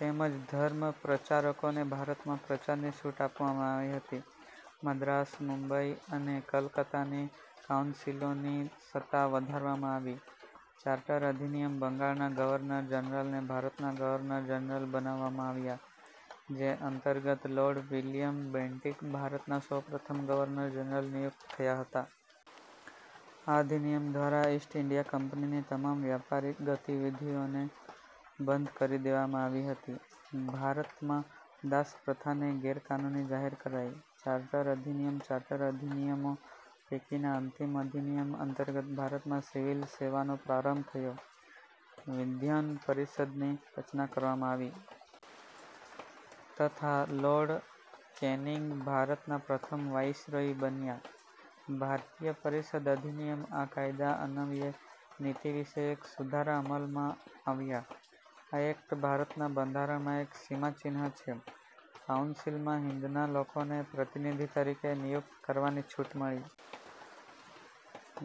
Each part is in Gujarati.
તેમજ ધર્મ પ્રચારકોને ભારતમાં પ્રચારની છૂટ આપવામાં આવી હતી. મદ્રાસ, મુંબઈ અને કલકત્તાની કાઉન્સિલોની સત્તા વધારવામાં આવી. ચાર્ટર અધિનિયમ બંગાળના ગવર્નર જનરલને ભારતના ગવર્નર જનરલ બનાવવામાં આવ્યા જે અંતર્ગત લૉર્ડ વિલિયમ બેન્ટીક ભારતના સૌ પ્રથમ ગવર્નર જનરલ નિયુક્ત થયા હતા. આ અધિનિયમ દ્વારા ઈસ્ટ ઈન્ડિયા કંપનીની તમામ વ્યાપારિક ગતિવિધિઓને બંધ કરી દેવામાં આવી હતી. ભારતમાં દાસપ્રથાને ગેરકાનૂની જાહેર કરાઈ. ચાર્ટર અધિનિયમ ચાર્ટર અધિનિયમો પૈકીના અંતિમ અધિનિયમ અંતર્ગત ભારતમાં સિવિલ સેવાનો પ્રારંભ થયો. વિધ્યાન પરિષદની રચના કરવામાં આવી. તથા લોર્ડ કેનિંગ ભારતના પ્રથમ વાઈસરોય બન્યા. ભારતીય પરિષદ અધિનિયમ આ કાયદા અન્વયે નીતિવિષયક સુધારા અમલમાં આવ્યા. આ એક્ટ ભારતના બંધારણમાં એક સીમાચિહ્ન છે. કાઉન્સિલમાં હિંદના લોકોને પ્રતિનિધિ તરીકે નિયુક્ત કરવાની છૂટ મળી.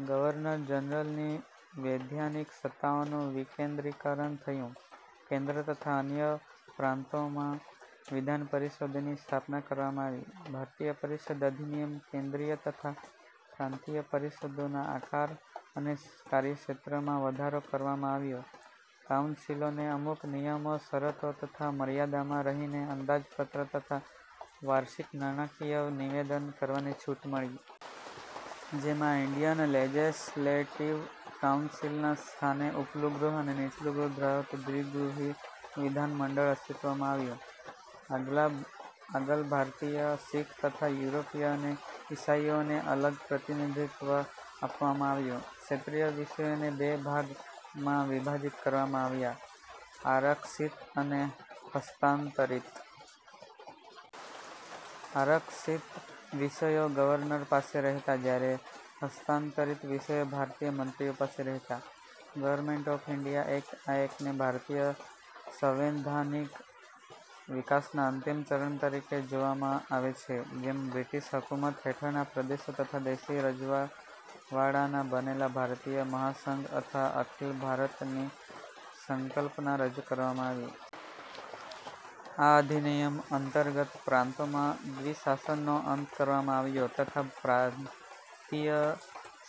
ગવર્નર જનરલની વૈધાનિક સત્તાઓનું વિકેન્દ્રીકરણ થયું. કેન્દ્ર તથા અન્ય પ્રાન્તોમાં વિધાનપરિષદોની સ્થાપના કરવામાં આવી. ભારતીય પરિષદ અધિનિયમ કેન્દ્રીય તથા પ્રાંતીય પરિષદોના આકાર અને કાર્યક્ષેત્રમાં વધારો કરવામાં આવ્યો. કાઉન્સિલોને અમુક નિયમો, શરતો તથા મર્યાદામાં રહીને અંદાજપત્ર તથા વાર્ષિક નાણાકીય નિવેદન કરવાની છૂટ મળી. જેમાં ઈન્ડિયન લેજેસ્લેટીવ કાઉન્સિલના સ્થાને ઊપલું ગૃહ અને નીચલું ગૃહ ધરાવતું દ્વિગૃહી વિધાનમંડળ અસ્તિત્વમાં આવ્યું. આંગ્લ-ભારતીય, શિખ તથા યુરોપીય અને ઈસાઈઓને અલગ પ્રતિનિધિત્ત્વ આપવામાં આવ્યું. ક્ષેત્રીય વિષયોને બે ભાગમાં વિભાજીત કરવામાં આવ્યા: આરક્ષિત અને હસ્તાંતરિત. આરક્ષિત વિષયો ગવર્નર પાસે રહેતા જ્યારે હસ્તાંતરીત વિષયો ભારતીય મંત્રીઓ પાસે રહેતા. ગવર્મેન્ટ ઓફ ઈન્ડિયા એક્ટ આ એક્ટને ભારતીય સંવૈધાનિક વિકાસના અંતિમ ચરણ તરીકે જોવામાં આવે છે. જેમાં બ્રિટીશ હકૂમત હેઠળના પ્રદેશો તથા દેશી રજવાડાંના બનેલા ભારતીય મહાસંઘ અથવા અખિલ ભારત ની સંકલ્પના રજૂ કરવામાં આવી. આ અધિનિયમ અંતર્ગત પ્રાંતોમાં દ્વિશાસનનો અંત કરવામાં આવ્યો તથા પ્રાંતીય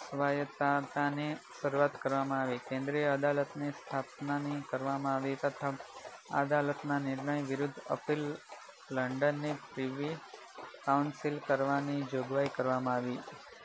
સ્વાયતતાની શરૂઆત કરવામાં આવી. કેન્દ્રીય અદાલતની સ્થાપનાની કરવામાં આવી તથા આ અદાલતના નિર્ણય વિરુદ્ધ અપીલ લંડનની પ્રીવી કાઉન્સિલ કરવાની જોગવાઈ કરવામાં આવી.